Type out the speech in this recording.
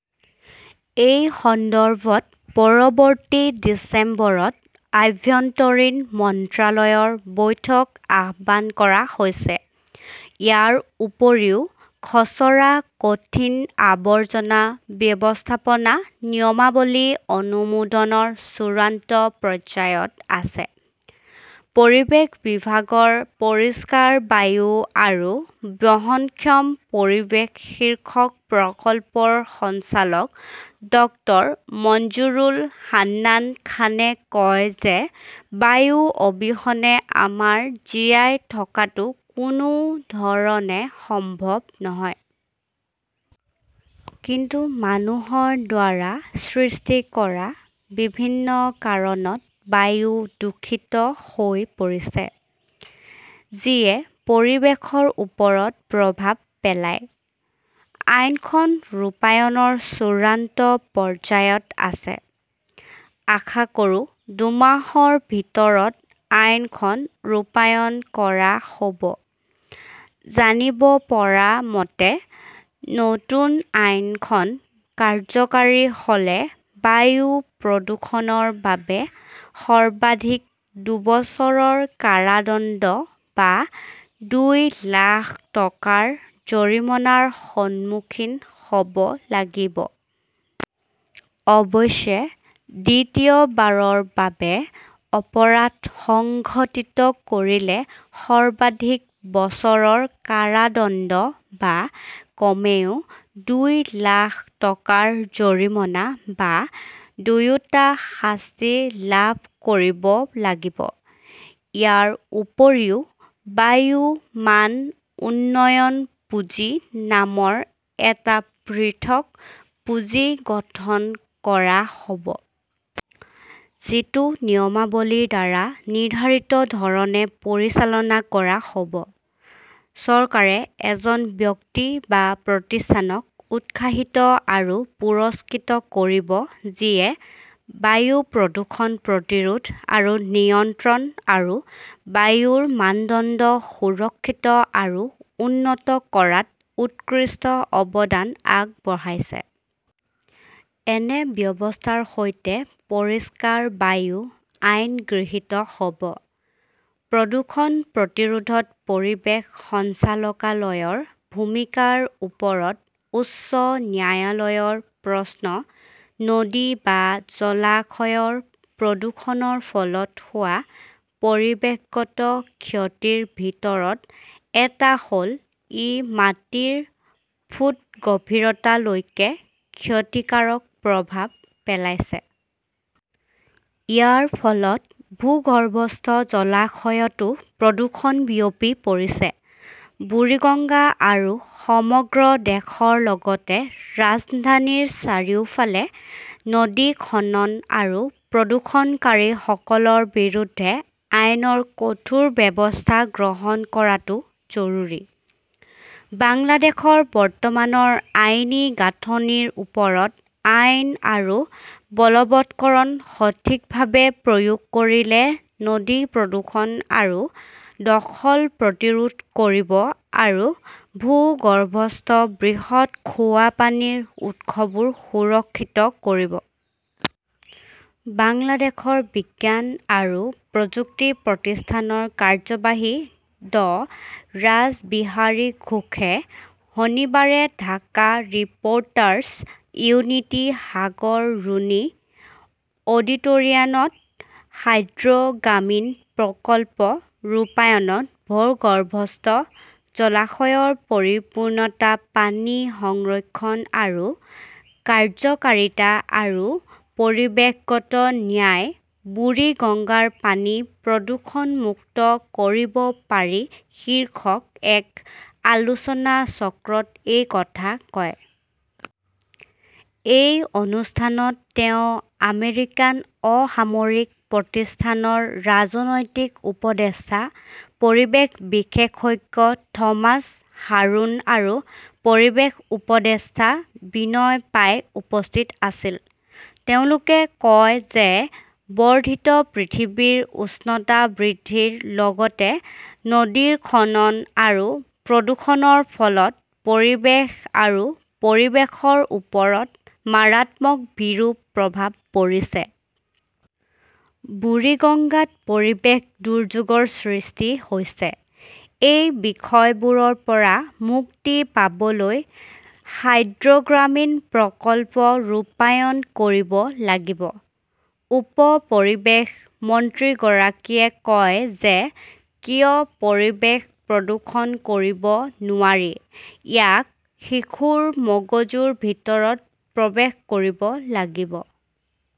এই সন্দৰ্ভত পৰৱৰ্তী ডিচেম্বৰত আভ্যন্তৰীণ মন্ত্ৰালয়ৰ বৈঠক আহ্বান কৰা হৈছে। ইয়াৰ উপৰিও খচৰা কঠিন আৱৰ্জনা ব্যৱস্থাপনা নিয়মাৱলী অনুমোদনৰ চূড়ান্ত পৰ্যায়ত আছে। পৰিৱেশ বিভাগৰ পৰিষ্কাৰ বায়ু আৰু বহনক্ষম পৰিৱেশ শীৰ্ষক প্ৰকল্পৰ সঞ্চালক ড মঞ্জুৰুল হান্নান খানে কয় যে বায়ু অবিহনে আমাৰ জীয়াই থকাটো কোনো ধৰণে সম্ভৱ নহয়। কিন্তু মানুহৰ দ্বাৰা সৃষ্টি কৰা বিভিন্ন কাৰণত বায়ু দূষিত হৈ পৰিছে। যিয়ে পৰিৱেশৰ ওপৰত প্ৰভাৱ পেলায়। আইনখন ৰূপায়ণৰ চূড়ান্ত পৰ্যায়ত আছে। আশা কৰোঁ দুমাহৰ ভিতৰত আইনখন ৰূপায়ণ কৰা হ'ব। জানিব পৰা মতে নতুন আইনখন কাৰ্যকৰী হ'লে বায়ু প্ৰদূষণৰ বাবে সৰ্বাধিক দুবছৰৰ কাৰাদণ্ড বা দুই লাখ টকাৰ জৰিমনাৰ সন্মুখীন হ'ব লাগিব। অৱশ্যে দ্বিতীয়বাৰৰ বাবে অপৰাধ সংঘটিত কৰিলে সৰ্বাধিক বছৰৰ কাৰাদণ্ড বা কমেও দুই লাখ টকাৰ জৰিমনা বা দুয়োটা শাস্তি লাভ কৰিব লাগিব। ইয়াৰ উপৰিও বায়ু মান উন্নয়ন পুঁজি নামৰ এটা পৃথক পুঁজি গঠন কৰা হ'ব। যিটো নিয়মাৱলীৰ দ্বাৰা নিৰ্ধাৰিত ধৰণে পৰিচালনা কৰা হ'ব। চৰকাৰে এজন ব্যক্তি বা প্ৰতিষ্ঠানক উৎসাহিত আৰু পুৰস্কৃত কৰিব যিয়ে বায়ু প্ৰদূষণ প্ৰতিৰোধ আৰু নিয়ন্ত্ৰণ আৰু বায়ুৰ মানদণ্ড সুৰক্ষিত আৰু উন্নত কৰাত উৎকৃষ্ট অৱদান আগবঢ়াইছে। এনে ব্যৱস্থাৰ সৈতে পৰিষ্কাৰ বায়ু আইন গৃহীত হ'ব। প্ৰদূষণ প্ৰতিৰোধত পৰিৱেশ সঞ্চালকালয়ৰ ভূমিকাৰ ওপৰত উচ্চ ন্যায়ালয়ৰ প্ৰশ্ন নদী বা জলাশয়ৰ প্ৰদূষণৰ ফলত হোৱা পৰিৱেশগত ক্ষতিৰ ভিতৰত এটা হ'ল ই মাটিৰ ফুট গভীৰতালৈকে ক্ষতিকাৰক প্ৰভাৱ পেলাইছে। ইয়াৰ ফলত ভূগৰ্ভস্থ জলাশয়তো প্ৰদূষণ বিয়পি পৰিছে। বুৰিগঙ্গা আৰু সমগ্ৰ দেশৰ লগতে ৰাজধানীৰ চাৰিওফালে নদী দখল আৰু প্ৰদূষণকাৰীসকলৰ বিৰুদ্ধে আইনৰ কঠোৰ ব্যৱস্থা গ্ৰহণ কৰাটো জৰুৰী। বাংলাদেশৰ বৰ্তমানৰ আইনী গাঁথনিৰ ওপৰত আইন আৰু বলৱৎকৰণ সঠিকভাৱে প্ৰয়োগ কৰিলে নদী প্ৰদূষণ আৰু দখল প্ৰতিৰোধ কৰিব আৰু ভূগৰ্ভস্থ বৃহৎ খোৱা পানীৰ উৎসবোৰ সুৰক্ষিত কৰিব। বাংলাদেশৰ বিজ্ঞান আৰু প্ৰযুক্তি প্ৰতিষ্ঠানৰ কাৰ্যবাহী ড ৰাছ বিহাৰী ঘোষে শনিবাৰে ঢাকা ৰিপ'ৰ্টাৰ্ছ ইউনিটিৰ সাগৰ ৰুনি অডিটৰিয়নত হাইড্ৰ'গ্ৰামিন প্ৰকল্প ৰূপায়ণত ভূগৰ্ভস্থ জলাশয়ৰ পৰিপূৰ্ণতা পানী সংৰক্ষণ আৰু কাৰ্য্যকৰীতা আৰু পৰিৱেশগত ন্যায় বুৰিগঙ্গাৰ পানী প্ৰদূষণমুক্ত কৰিব পাৰি শীৰ্ষক এক আলোচনাচক্ৰত এই কথা কয়। এই অনুষ্ঠানত তেওঁৰ আমেৰিকান অসামৰিক প্ৰতিষ্ঠানৰ ৰাজনৈতিক উপদেষ্টা পৰিৱেশ বিশেষজ্ঞ থমাছ হাৰুন আৰু পৰিৱেশ উপদেষ্টা বিনয় পাই উপস্থিত আছিল। তেওঁলোকে কয় যে বৰ্ধিত পৃথিৱীৰ উষ্ণতা বৃদ্ধিৰ লগতে নদীৰ দখল আৰু প্ৰদূষণৰ ফলত পৰিৱেশ আৰু পৰিৱেশৰ ওপৰত মাৰাত্মক বিৰূপ প্ৰভাৱ পৰিছে। বুৰিগঙ্গাত পৰিৱেশ দুৰ্যোগৰ সৃষ্টি হৈছে। এই বিষয়বোৰৰ পৰা মুক্তি পাবলৈ হাইড্ৰ'গ্ৰামিন প্ৰকল্প ৰূপায়ণ কৰিব লাগিব। উপ পৰিৱেশ মন্ত্ৰীগৰাকীয়ে কয় যে কিয় পৰিৱেশ প্ৰদূষণ কৰিব নোৱাৰি ইয়াক শিশুৰ মগজুৰ ভিতৰত প্ৰৱেশ কৰিব লাগিব।